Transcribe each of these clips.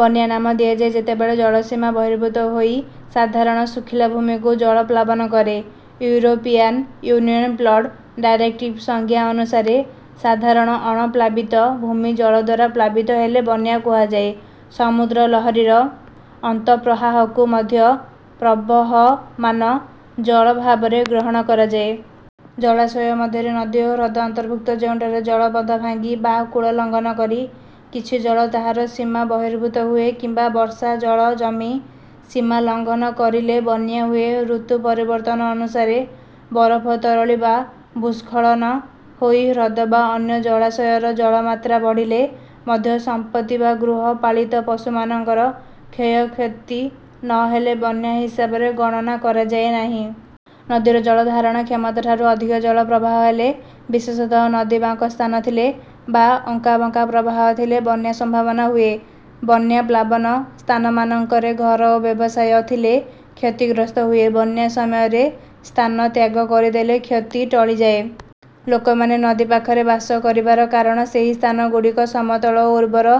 ବନ୍ୟା ନାମ ଦିଆଯାଏ ଯେତେବେଳେ ଜଳ ସୀମା ବହିର୍ଭୁତ ହୋଇ ସାଧାରଣ ଶୁଖିଲା ଭୂମିକୁ ଜଳ ପ୍ଲାବନ କରେ। ୟୁରୋପିଆନ୍ ୟୁନିଅନ୍ ଫ୍ଲଡ଼ ଡାରେକ୍ଟିଭ୍ର ସଂଜ୍ଞା ଅନୁସାରେ ସାଧାରଣ ଅଣପ୍ଳାବିତ ଭୂମି ଜଳଦ୍ୱାରା ପ୍ଲାବିତ ହେଲେ ବନ୍ୟା କୁହାଯାଏ। ସମୁଦ୍ର ଲହରୀର ଅନ୍ତଃପ୍ରହାହକୁ ମଧ୍ୟ ପ୍ରବହମାନ ଜଳ ଭାବରେ ଗ୍ରହଣ କରାଯାଏ। ଜଳାଶୟ ମଧ୍ୟରେ ନଦୀ ଓ ହ୍ରଦ ଅନ୍ତର୍ଭୁକ୍ତ ଯେଉଁଠାରେ ଜଳ ବନ୍ଧ ଭାଙ୍ଗି ବା କୂଳ ଲଙ୍ଘନ କରି କିଛି ଜଳ ତାହାର ସୀମା ବହିର୍ଭୁତ ହୁଏ କିମ୍ବା ବର୍ଷା ଜଳ ଜମି ସୀମା ଲଙ୍ଘନ କରିଲେ ବନ୍ୟା ହୁଏ। ଋତୁ ପରିବର୍ତ୍ତନ ଅନୁସାରେ ବରଫ ତରଳି ବା ଭୂସ୍ଖଳନ ହୋଇ ହ୍ରଦ ବା ଅନ୍ୟ ଜଳାଶୟର ଜଳ ମାତ୍ରା ବଢ଼ିଲେ ମଧ୍ୟ ସମ୍ପତ୍ତି ବା ଗୃହପାଳିତ ପଶୁମାନଙ୍କର କ୍ଷୟକ୍ଷତି ନ ହେଲେ ବନ୍ୟା ହିସାବରେ ଗଣନା କରାଯାଏ ନାହିଁ। ନଦୀର ଜଳ ଧାରଣ କ୍ଷମତାଠାରୁ ଅଧିକ ଜଳ ପ୍ରବାହ ହେଲେ ବିଶେଷତଃ ନଦୀ ବାଙ୍କ ସ୍ଥାନ ଥିଲେ ବା ଅଙ୍କାବଙ୍କା ପ୍ରବାହ ଥିଲେ ବନ୍ୟା ସମ୍ଭାବନା ହୁଏ। ବନ୍ୟା ପ୍ଳାବନ ସ୍ଥାନମାନଙ୍କରେ ଘର ଓ ବ୍ୟବସାୟ ଥିଲେ କ୍ଷତିଗ୍ରସ୍ତ ହୁଏ। ବନ୍ୟା ସମୟରେ ସ୍ଥାନ ତ୍ୟାଗ କରିଦେଲେ କ୍ଷତି ଟଳିଯାଏ। ଲୋକମାନେ ନଦୀ ପାଖରେ ବାସ କରିବାର କାରଣ ସେହି ସ୍ଥାନ ଗୁଡ଼ିକ ସମତଳ ଓ ଉର୍ବର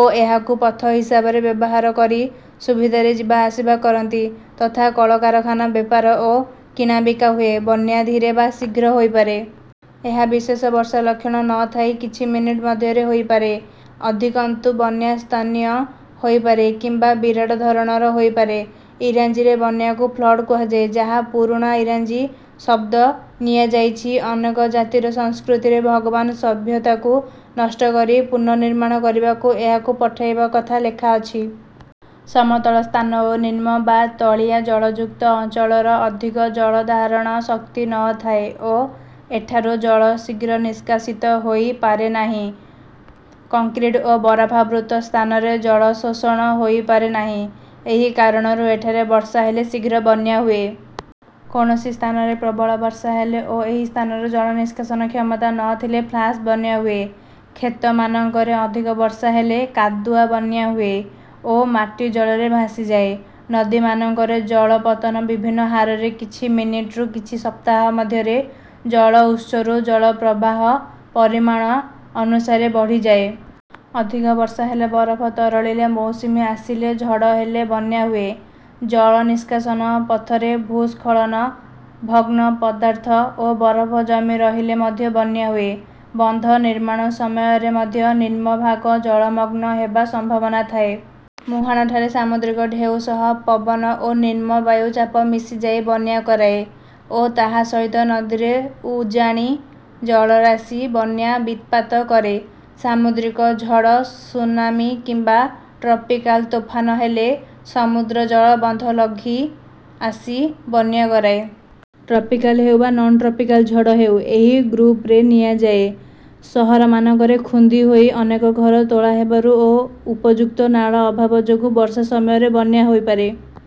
ଓ ଏହାକୁ ପଥ ହିସାବରେ ବ୍ୟବହାର କରି ସୁବିଧାରେ ଯିବା ଆସିବା କରନ୍ତି ତଥା କଳକାରଖାନା ବେପାର ଓ କିଣାବିକା ହୁଏ। ବନ୍ୟା ଧୀରେ ବା ଶୀଘ୍ର ହୋଇପାରେ। ଏହା ବିଶେଷ ବର୍ଷା ଲକ୍ଷଣ ନ ଥାଇ କିଛି ମିନିଟ ମଧ୍ୟରେ ହୋଇପାରେ। ଅଧିକନ୍ତୁ ବନ୍ୟା ସ୍ଥାନୀୟ ହୋଇପାରେ କିମ୍ବା ବିରାଟ ଧରଣର ହୋଇପାରେ। ଇଂରାଜୀରେ ବନ୍ୟାକୁ ଫ୍ଲଡ଼୍ କୁହାଯାଏ ଯାହା ପୁରୁଣା ଇଂରାଜୀ ଶବ୍ଦ ନିଆଯାଇଛି. ଅନେକ ଜାତିର ସଂସ୍କୃତିରେ ଭଗବାନ ସଭ୍ୟତାକୁ ନଷ୍ଟ କରି ପୁନର୍ନିମାଣ କରିବାକୁ ଏହାକୁ ପଠାଇବା କଥା ଲେଖାଅଛି। ସମତଳ ସ୍ଥାନ ଓ ନିମ୍ନ ବା ତଳିଆ ଜଳଯୁକ୍ତ ଅଞ୍ଚଳର ଅଧିକ ଜଳ ଧାରଣ ଶକ୍ତି ନ ଥାଏ ଓ ଏଠାରୁ ଜଳ ଶୀଘ୍ର ନିଷ୍କାସିତ ହୋଇ ପାରେନାହିଁ। କଙ୍କ୍ରିଟ୍ ଓ ବରଫାବୃତ ସ୍ଥାନରେ ଜଳ ଶୋଷଣ ହୋଇପାରେ ନାହିଁ। ଏହି କାରଣରୁ ଏଠାରେ ବର୍ଷା ହେଲେ ଶିଘ୍ର ବନ୍ୟା ହୁଏ। କୌଣସି ସ୍ଥାନରେ ପ୍ରବଳ ବର୍ଷା ହେଲେ ଓ ଏହି ସ୍ଥାନର ଜଳ ନିଷ୍କାସନ କ୍ଷମତା ନ ଥିଲେ ଫ୍ଲାସ ବନ୍ୟା ହୁଏ। କ୍ଷେତମାନଙ୍କରେ ଅଧିକ ବର୍ଷା ହେଲେ କାଦୁଆ ବନ୍ୟା ହୁଏ ଓ ମାଟି ଜଳରେ ଭାଷିଯାଏ। ନଦୀମାନଙ୍କରେ ଜଳ ପତନ ବିଭିନ୍ନ ହାରରେ କିଛି ମିନିଟରୁ କିଛି ସପ୍ତାହ ମଧ୍ୟରେ ଜଳ ଉତ୍ସରୁ ଜଳ ପ୍ରବାହ ପରିମାଣ ଅନୁସାରେ ବଢ଼ିଯାଏ। ଅଧିକ ବର୍ଷା ହେଲେ ବରଫ ତରଳିଲେ ମୌସୁମୀ ଆସିଲେ ଝଡ଼ ହେଲେ ବନ୍ୟା ହୁଏ। ଜଳ ନିଷ୍କାସନ ପଥରେ ଭୂସ୍ଖଳନ ଭଗ୍ନ ପଦାର୍ଥ ଓ ବରଫ ଜମି ରହିଲେ ମଧ୍ୟ ବନ୍ୟା ହୁଏ। ବନ୍ଧ ନିର୍ମାଣ ସମୟରେ ମଧ୍ୟ ନିମ୍ନ ଭାଗ ଜଳମଗ୍ନ ହେବା ସମ୍ଭାବନା ଥାଏ। ମୁହାଁଣଠାରେ ସାମୁଦ୍ରିକ ଢେଉ ସହ ପବନ ଓ ନିମ୍ନ ବାୟୁ ଚାପ ମିଶିଯାଇ ବନ୍ୟା କରାଏ ଓ ତାହା ସହିତ ନଦୀରେ ଉଜାଣି ଜଳରାଶି ବନ୍ୟା ବିତ୍ପାତ କରେ। ସାମୁଦ୍ରିକ ଝଡ଼ ସୁନାମି କିମ୍ବା ଟ୍ରପିକାଲ ତୋଫାନ ହେଲେ ସମୁଦ୍ର ଜଳ ବନ୍ଧ ଲଙ୍ଘି ଆସି ବନ୍ୟା କରାଏ। ଟ୍ରପିକାଲ ହେଉ ବା ନନ୍ ଟ୍ରପିକାଲ ଝଡ଼ ହେଉ ଏହି ଗୃପରେ ନିଆଯାଏ। ଶହରମାନଙ୍କରେ ଖୁନ୍ଦି ହୋଇ ଅନେକ ଘର ତୋଳାହେବାରୁ ଓ ଉପଯୁକ୍ତ ନାଳ ଅଭାବ ଯୋଗୁ ବର୍ଷା ସମୟରେ ବନ୍ୟା ହୋଇପାରେ।